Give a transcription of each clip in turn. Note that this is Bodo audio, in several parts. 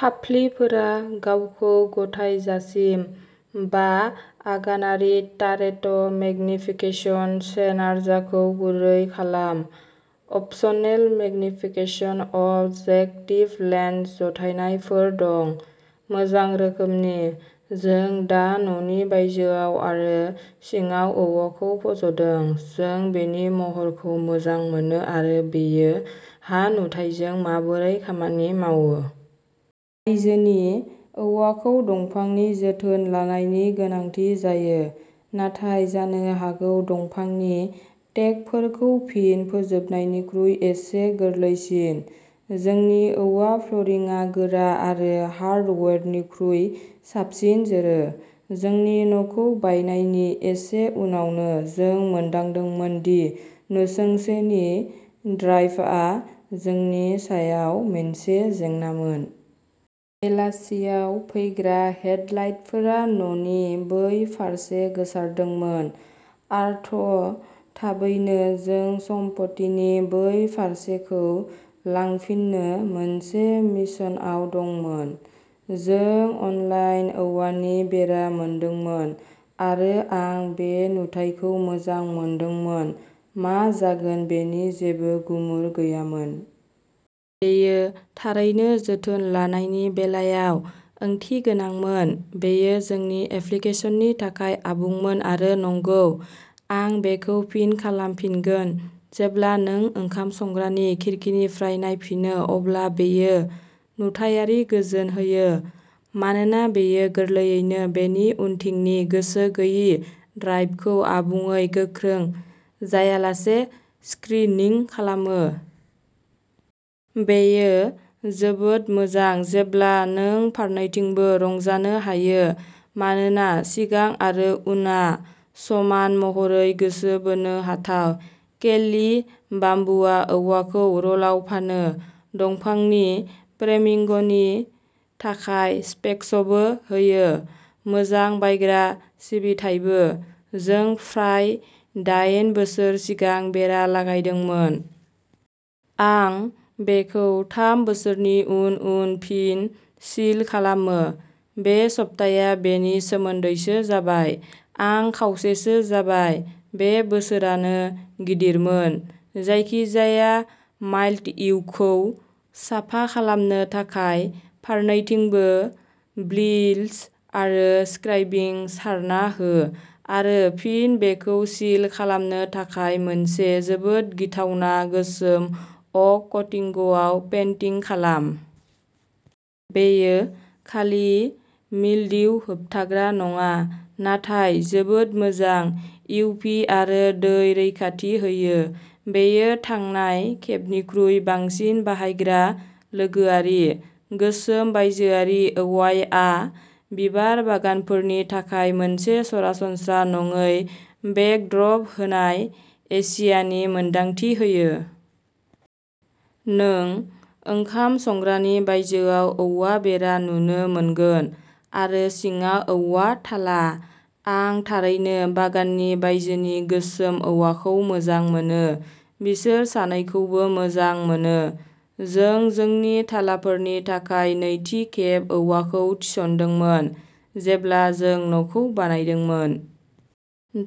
फाफ्लिफोरा गावखौ गथायजासिम। बा आगानारि टारेट मेगनिफिकेसन चेनजारखौ गुरै खालाम। अपसनेल मेगनिफिकेसन अब जेकटिभ लेन्स जथायनायफोर दं। मोजां रोखोमनि। जों दा न'नि बायजोआव आरो सिङाव औवाखौ फज'दों। जों बेनि महरखौ मोजां मोनो आरो बेयो हा नुथाइजों माबोरै खामानि मावो। बिजोनि औवाखौ दंफांनि जोथोन लानायनि गोनांथि जायो। नाथाय जानो हागौ दंफांनि देकफोरखौ फिन फोजोबनायनिख्रुइ एसे गोरलैसिन। जोंनि औवा फ्ल'रिंआ गोरा आरो हार्डवुडनिख्रुइ साबसिन जोरो। जोंनि न'खौ बायनायनि एसे उनावनो जों मोनदांदोंमोन दि नसुंसेनि ड्राइभआ जोंनि सायाव मोनसे जेंनामोन। बेलासियाव फैग्रा हेडलाइटफोरा न'नि बै फारसे गोसारदोंमोन। आरघ थाबैनो जों सम्पथिनि बै फारसेखौ लांफिननो मोनसे मिशनआव दंमोन। जों अनलाइन औवानि बेरा मोनदोंमोन आरो आं बे नुथायखौ मोजां मोनदोंमोन। मा जागोन बेनि जेबो गुमुर गैयामोन। बेयो थारैनो जोथोन लानायनि बेलायाव ओंथिगोनांमोन। बेयो जोंनि एप्लिकेसननि थाखाय आबुंमोन आरो नंगौ। आं बेखौ फिन खालामफिनगोन। जेब्ला नों ओंखाम संग्रानि खिरखिनिफ्राय नायफिनो अब्ला बेयो नुथायारि गोजोन होयो। मानोना बेयो गोरलैयैनो बेनि उनथिंनि गोसो गैयै ड्राइभखौ आबुङै गोख्रों जायालासे स्क्रिनिं खालामो। बेयो जोबोद मोजां जेब्ला नों फारनैथिंबो रंजानो हायो। मानोना सिगां आरो उनआ समान महरै गोसो बोनो हाथाव। केलि बाम्बुआ औवाखौ र'लआव फानो। दंफांनि फ्रेमिंगनि थाखाय स्पेक्सबो होयो। मोजां बायग्रा सिबिथाइबो। जों फ्राय दाइन बोसोर सिगां बेरा लागायदोंमोन। आं बेखौ थाम बोसोरनि उन उन फिन सिल खालामो। बे सप्ताया बेनि सोमोन्दैसो जाबाय। आं खावसेसो जाबाय। बे बोसोरानो गिदिरमोन। जायखिजाया माइलडयुखौ साफा खालामनो थाखाय फारनैथिंबो ब्लिच आरो स्क्राबिं सारना हो आरो फिन बेखौ सिल खालामनो थाखाय मोनसे जोबोद गिथावना गोसोम अक कटिंगआव पेन्टिं खालाम। बेयो खालि मिलदिउ होबथाग्रा नङा। नाथाय जोबोद मोजां इउभि आरो दै रैखाथि होयो। बेयो थांनाय खेबनिख्रुइ बांसिन बाहायग्रा लोगोआरि। गोसोम बायजोआरि औवाआ बिबार बागानफोरनि थाखाय मोनसे सरासनस्रा नङै बेकड्रप होनाय एशियानि मोन्दांथि होयो। नों ओंखाम संग्रानि बायजोआव औवा बेरा नुनो मोनगोन। आरो सिङाव औवा थाला। आं थारैनो बागाननि बायजोनि गोसोम औवाखौ मोजां मोनो। बिसोर सानैखौबो मोजां मोनो। जों जोंनि थालाफोरनि थाखाय नैथि खेब औवाखौ थिसनदोंमोन। जेब्ला जों न'खौ बायदोंमोन।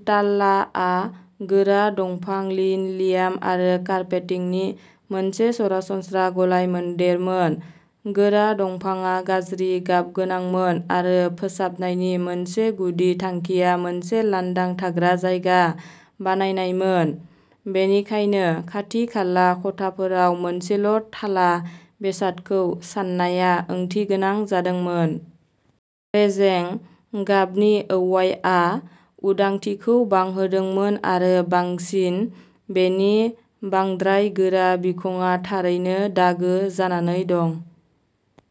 थालाआ गोरा दंफां लिन' लियाम आरो कारपेटिंनि मोनसे सरासनस्रा गलायमोनदेरमोन। गोरा दंफांआ गाज्रि गाबगोनांमोन आरो फोसाबनायनि मोनसे गुदि थांखिया मोनसे लांदां थाग्रा जायगा बानायनायमोन। बेनिखायनो खाथि-खाला खथाफोराव मोनसेल' थाला बेसादखौ साननाया ओंथिगोनां जादोंमोन। रेजें गाबनि औवाआ उदांथिखौ बांहोदोंमोन आरो बांसिन बेनि बांद्राय गोरा बिखंआ थारैनो दागो जानानै दं।